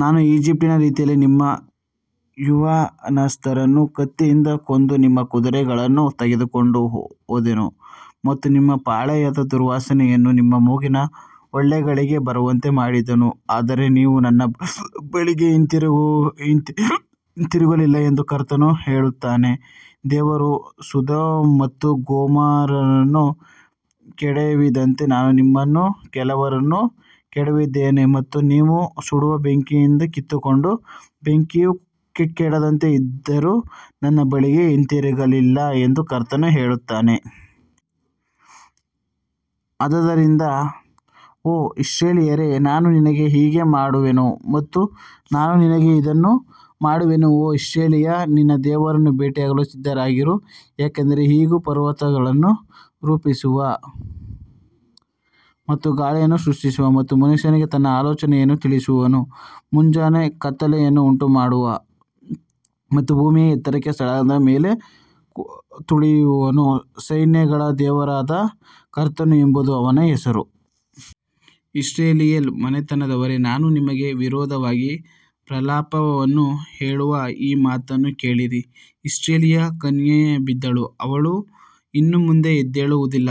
ನಾನು ಈಜಿಪ್ಟಿನ ರೀತಿಯಲ್ಲಿ ನಿಮ್ಮ ಯೌವನಸ್ಥರನ್ನು ಕತ್ತಿಯಿಂದ ಕೊಂದು ನಿಮ್ಮ ಕುದುರೆಗಳನ್ನು ತೆಗೆದುಕೊಂಡು ಹೋದೆನು ಮತ್ತು ನಿಮ್ಮ ಪಾಳೆಯದ ದುರ್ವಾಸನೆಯನ್ನು ನಿಮ್ಮ ಮೂಗಿನ ಹೊಳ್ಳೆಗಳಿಗೆ ಬರುವಂತೆ ಮಾಡಿದ್ದೇನೆ, ಆದರೆ ನೀವು ನನ್ನ ಬಳಿಗೆ ಹಿಂತಿರುಗಲಿಲ್ಲ ಎಂದು ಕರ್ತನು ಹೇಳುತ್ತಾನೆ. ದೇವರು ಸೊದೋಮ್ ಮತ್ತು ಗೊಮೋರವನ್ನು ಕೆಡವಿದಂತೆ ನಾನು ನಿಮ್ಮಲ್ಲಿ ಕೆಲವರನ್ನು ಕೆಡವಿದ್ದೇನೆ ಮತ್ತು ನೀವು ಸುಡುವ ಬೆಂಕಿಯಿಂದ ಕಿತ್ತುಕೊಂಡ ಬೆಂಕಿಯ ಕೆಂಡದಂತೆ ಇದ್ದರೂ ನನ್ನ ಬಳಿಗೆ ಹಿಂತಿರುಗಲಿಲ್ಲ ಎಂದು ಕರ್ತನು ಹೇಳುತ್ತಾನೆ. ಆದದರಿಂದ ಓ ಇಸ್ರಾಯೇಲ್ಯರೇ, ನಾನು ನಿನಗೆ ಹೀಗೆ ಮಾಡುವೆನು ಮತ್ತು ನಾನು ನಿನಗೆ ಇದನ್ನು ಮಾಡುವೆನು. ಓ ಇಸ್ರಾಯೇಲ್ಯೇ, ನಿನ್ನ ದೇವರನ್ನು ಭೇಟಿಯಾಗಲು ಸಿದ್ಧರಾಗಿರು, ಯಾಕಂದರೆ ಇಗೋ, ಪರ್ವತಗಳನ್ನು ರೂಪಿಸುವ ಮತ್ತು ಗಾಳಿಯನ್ನು ಸೃಷ್ಟಿಸುವ ಮತ್ತು ಮನುಷ್ಯನಿಗೆ ತನ್ನ ಆಲೋಚನೆಯನ್ನು ತಿಳಿಸುವವನು, ಮುಂಜಾನೆ ಕತ್ತಲೆಯನ್ನು ಉಂಟುಮಾಡುವ ಮತ್ತು ಭೂಮಿಯ ಎತ್ತರದ ಸ್ಥಳಗಳ ಮೇಲೆ ತುಳಿಯುವವನು, ಸೈನ್ಯಗಳ ದೇವರಾದ ಕರ್ತನು ಎಂಬುದೇ ಅವನ ಹೆಸರು. ಇಸ್ರಾಯೇಲ್ ಮನೆತನದವರೇ, ನಾನು ನಿಮಗೆ ವಿರೋಧವಾಗಿ ಪ್ರಲಾಪವನ್ನು ಹೇಳುವ ಈ ಮಾತನ್ನು ಕೇಳಿರಿ. ಇಸ್ರಾಯೇಲ್ಯ ಕನ್ಯೆಯು ಬಿದ್ದಳು, ಅವಳು ಇನ್ನು ಮುಂದೆ ಎದ್ದೇಳುವುದಿಲ್ಲ,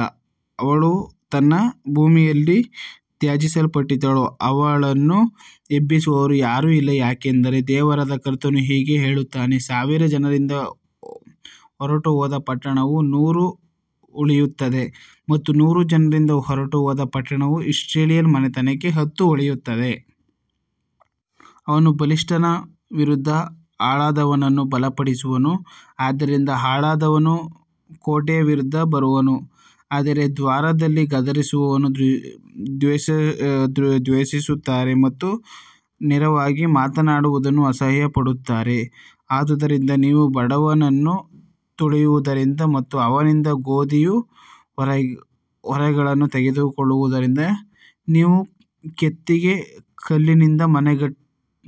ಅವಳು ತನ್ನ ಭೂಮಿಯಲ್ಲಿ ತ್ಯಜಿಸಲ್ಪಟ್ಟಿದ್ದಾಳೆ, ಅವಳನ್ನು ಎಬ್ಬಿಸುವವರು ಯಾರೂ ಇಲ್ಲ. ಯಾಕಂದರೆ ದೇವರಾದ ಕರ್ತನು ಹೀಗೆ ಹೇಳುತ್ತಾನೆ, ಸಾವಿರ ಜನರಿಂದ ಹೊರಟುಹೋದ ಪಟ್ಟಣವು ನೂರು ಉಳಿಯುತ್ತದೆ ಮತ್ತು ನೂರು ಜನರಿಂದ ಹೊರಟುಹೋದ ಪಟ್ಟಣವು ಇಸ್ರಾಯೇಲ್ ಮನೆತನಕ್ಕೆ ಹತ್ತು ಉಳಿಯುತ್ತದೆ. ಅವನು ಬಲಿಷ್ಠನ ವಿರುದ್ಧ ಹಾಳಾದವನನ್ನು ಬಲಪಡಿಸುವನು, ಆದ್ದರಿಂದ ಹಾಳಾದವನು ಕೋಟೆಯ ವಿರುದ್ಧ ಬರುವನು. ಅವರು ದ್ವಾರದಲ್ಲಿ ಗದರಿಸುವವನನ್ನು ದ್ವೇಷಿಸುತ್ತಾರೆ ಮತ್ತು ನೇರವಾಗಿ ಮಾತನಾಡುವವನನ್ನು ಅಸಹ್ಯಪಡುತ್ತಾರೆ. ಆದುದರಿಂದ ನೀವು ಬಡವರನ್ನು ತುಳಿಯುವುದರಿಂದ ಮತ್ತು ಅವನಿಂದ ಗೋಧಿಯ ಹೊರೆಗಳನ್ನು ತೆಗೆದುಕೊಳ್ಳುವುದರಿಂದ, ನೀವು ಕೆತ್ತಿದ ಕಲ್ಲಿನಿಂದ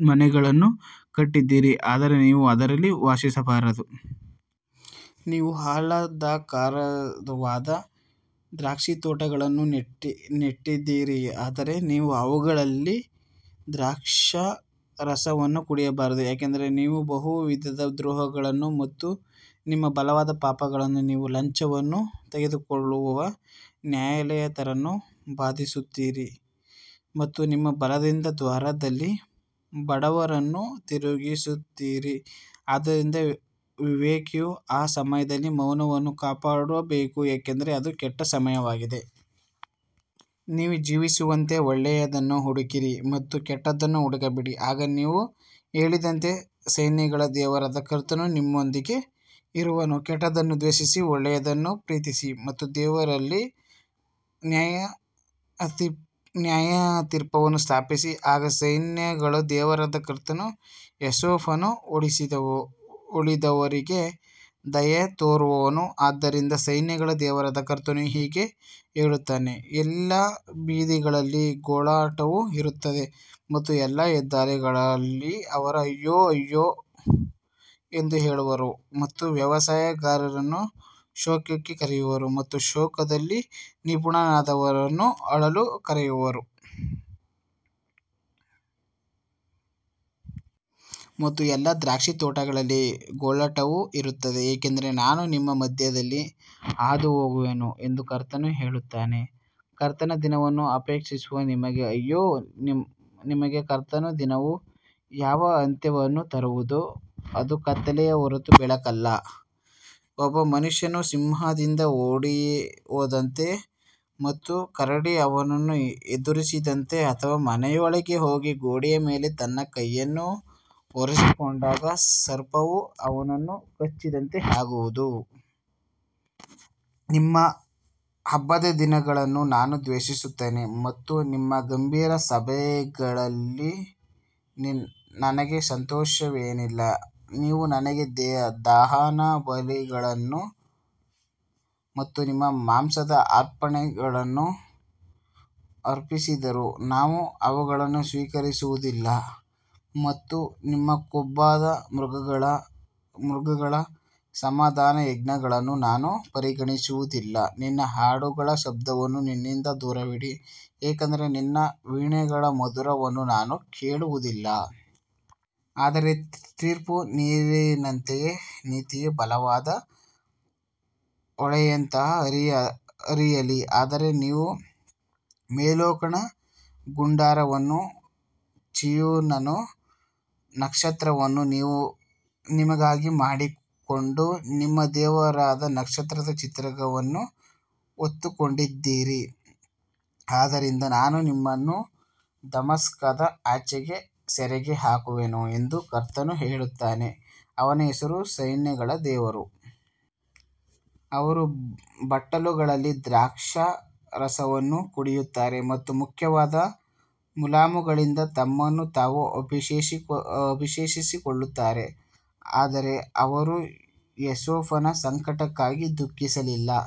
ಮನೆಗಳನ್ನು ಕಟ್ಟಿದ್ದೀರಿ, ಆದರೆ ನೀವು ಅದರಲ್ಲಿ ವಾಸಿಸಬಾರದು. ನೀವು ಆಹ್ಲಾದಕರವಾದ ದ್ರಾಕ್ಷಿತೋಟಗಳನ್ನು ನೆಟ್ಟಿದ್ದೀರಿ, ಆದರೆ ನೀವು ಅವುಗಳಲ್ಲಿ ದ್ರಾಕ್ಷಾರಸವನ್ನು ಕುಡಿಯಬಾರದು. ಯಾಕಂದರೆ ನಿಮ್ಮ ಬಹುವಿಧದ ದ್ರೋಹಗಳು ಮತ್ತು ನಿಮ್ಮ ಬಲವಾದ ಪಾಪಗಳು, ನೀವು ಲಂಚವನ್ನು ತೆಗೆದುಕೊಳ್ಳುವ ನ್ಯಾಯಯುತರನ್ನು ಬಾಧಿಸುತ್ತೀರಿ ಮತ್ತು ನಿಮ್ಮ ಬಲದಿಂದ ದ್ವಾರದಲ್ಲಿ ಬಡವರನ್ನು ತಿರುಗಿಸುತ್ತೀರಿ. ಆದುದರಿಂದ ವಿವೇಕಿಯು ಆ ಸಮಯದಲ್ಲಿ ಮೌನವನ್ನು ಕಾಪಾಡಬೇಕು, ಏಕೆಂದರೆ ಅದು ಕೆಟ್ಟ ಸಮಯವಾಗಿದೆ. ನೀವು ಜೀವಿಸುವಂತೆ ಒಳ್ಳೆಯದನ್ನು ಹುಡುಕಿರಿ ಮತ್ತು ಕೆಟ್ಟದ್ದನ್ನು ಹುಡುಕಬೇಡಿ, ಆಗ ನೀವು ಹೇಳಿದಂತೆ ಸೈನ್ಯಗಳ ದೇವರಾದ ಕರ್ತನು ನಿಮ್ಮೊಂದಿಗೆ ಇರುವನು. ಕೆಟ್ಟದ್ದನ್ನು ದ್ವೇಷಿಸಿ, ಒಳ್ಳೆಯದನ್ನು ಪ್ರೀತಿಸಿ ಮತ್ತು ದ್ವಾರದಲ್ಲಿ ನ್ಯಾಯತೀರ್ಪನ್ನು ಸ್ಥಾಪಿಸಿ, ಆಗ ಸೈನ್ಯಗಳ ದೇವರಾದ ಕರ್ತನು ಯೋಸೇಫನ ಉಳಿದವರಿಗೆ ದಯೆತೋರುವನು. ಆದದರಿಂದ ಸೈನ್ಯಗಳ ದೇವರಾದ ಕರ್ತನು ಹೀಗೆ ಹೇಳುತ್ತಾನೆ, ಎಲ್ಲಾ ಬೀದಿಗಳಲ್ಲಿ ಗೋಳಾಟವು ಇರುತ್ತದೆ ಮತ್ತು ಎಲ್ಲಾ ಹೆದ್ದಾರಿಗಳಲ್ಲಿ ಅವರು ಅಯ್ಯೋ ಅಯ್ಯೋ ಎಂದು ಹೇಳುವರು ಮತ್ತು ವ್ಯವಸಾಯಗಾರನನ್ನು ಶೋಕಕ್ಕೆ ಕರೆಯುವರು ಮತ್ತು ಶೋಕದಲ್ಲಿ ನಿಪುಣರಾದವರನ್ನು ಅಳಲು ಕರೆಯುವರು. ಮತ್ತು ಎಲ್ಲಾ ದ್ರಾಕ್ಷಿತೋಟಗಳಲ್ಲಿ ಗೋಳಾಟವು ಇರುತ್ತದೆ, ಏಕೆಂದರೆ ನಾನು ನಿಮ್ಮ ಮಧ್ಯದಲ್ಲಿ ಹಾದುಹೋಗುವೆನು ಎಂದು ಕರ್ತನು ಹೇಳುತ್ತಾನೆ. ಕರ್ತನ ದಿನವನ್ನು ಅಪೇಕ್ಷಿಸುವ ನಿಮಗೆ ಅಯ್ಯೋ, ನಿಮಗೆ ಕರ್ತನ ದಿನವು ಯಾವ ಅಂತ್ಯವನ್ನು ತರುವುದು, ಅದು ಕತ್ತಲೆಯೇ ಹೊರತು ಬೆಳಕಲ್ಲ. ಒಬ್ಬ ಮನುಷ್ಯನು ಸಿಂಹದಿಂದ ಓಡಿಹೋದಂತೆ ಮತ್ತು ಕರಡಿ ಅವನನ್ನು ಎದುರಿಸಿದಂತೆ ಅಥವಾ ಮನೆಯೊಳಗೆ ಹೋಗಿ ಗೋಡೆಯ ಮೇಲೆ ತನ್ನ ಕೈಯನ್ನು ಒರಗಿಕೊಂಡಾಗ ಸರ್ಪವು ಅವನನ್ನು ಕಚ್ಚಿದಂತೆ ಆಗುವುದು. ನಿಮ್ಮ ಹಬ್ಬದ ದಿನಗಳನ್ನು ನಾನು ದ್ವೇಷಿಸುತ್ತೇನೆ ಮತ್ತು ನಿಮ್ಮ ಗಂಭೀರ ಸಭೆಗಳಲ್ಲಿ ನನಗೆ ಸಂತೋಷವಿಲ್ಲ. ನೀವು ನನಗೆ ದಹನಬಲಿಗಳನ್ನು ಮತ್ತು ನಿಮ್ಮ ಮಾಂಸದ ಅರ್ಪಣೆಗಳನ್ನು ಅರ್ಪಿಸಿದರೂ ನಾನು ಅವುಗಳನ್ನು ಸ್ವೀಕರಿಸುವುದಿಲ್ಲ ಮತ್ತು ನಿಮ್ಮ ಕೊಬ್ಬಿದ ಮೃಗಗಳ ಸಮಾಧಾನಯಜ್ಞಗಳನ್ನು ನಾನು ಪರಿಗಣಿಸುವುದಿಲ್ಲ. ನಿನ್ನ ಹಾಡುಗಳ ಶಬ್ದವನ್ನು ನನ್ನಿಂದ ದೂರವಿಡಿ, ಏಕೆಂದರೆ ನಿನ್ನ ವೀಣೆಗಳ ಮಧುರವನ್ನು ನಾನು ಕೇಳುವುದಿಲ್ಲ. ಆದರೆ ತೀರ್ಪು ನೀರಿನಂತೆಯೂ ನೀತಿಯು ಪ್ರಬಲವಾದ ಹೊಳೆಯಂತೆಯೂ ಹರಿಯಲಿ. ಆದರೆ ನೀವು ಮೊಲೊಕನ ಗುಡಾರವನ್ನೂ ಚಿಯೂನನ ನಕ್ಷತ್ರವನ್ನೂ, ನೀವು ನಿಮಗಾಗಿ ಮಾಡಿಕೊಂಡ ನಿಮ್ಮ ದೇವರ ನಕ್ಷತ್ರದ ಚಿತ್ರವನ್ನೂ ಹೊತ್ತುಕೊಂಡಿದ್ದೀರಿ. ಆದದರಿಂದ ನಾನು ನಿಮ್ಮನ್ನು ದಮಸ್ಕದ ಆಚೆಗೆ ಸೆರೆಗೆ ಹಾಕುವೆನು ಎಂದು ಕರ್ತನು ಹೇಳುತ್ತಾನೆ, ಅವನ ಹೆಸರು ಸೈನ್ಯಗಳ ದೇವರು. ಅವರು ಬಟ್ಟಲುಗಳಲ್ಲಿ ದ್ರಾಕ್ಷಾರಸವನ್ನು ಕುಡಿಯುತ್ತಾರೆ ಮತ್ತು ಮುಖ್ಯವಾದ ಮುಲಾಮುಗಳಿಂದ ತಮ್ಮನ್ನು ತಾವು ಅಭಿಷೇಕಿಸಿಕೊಳ್ಳುತ್ತಾರೆ, ಆದರೆ ಅವರು ಯೋಸೇಫನ ಸಂಕಟಕ್ಕಾಗಿ ದುಃಖಿಸಲಿಲ್ಲ.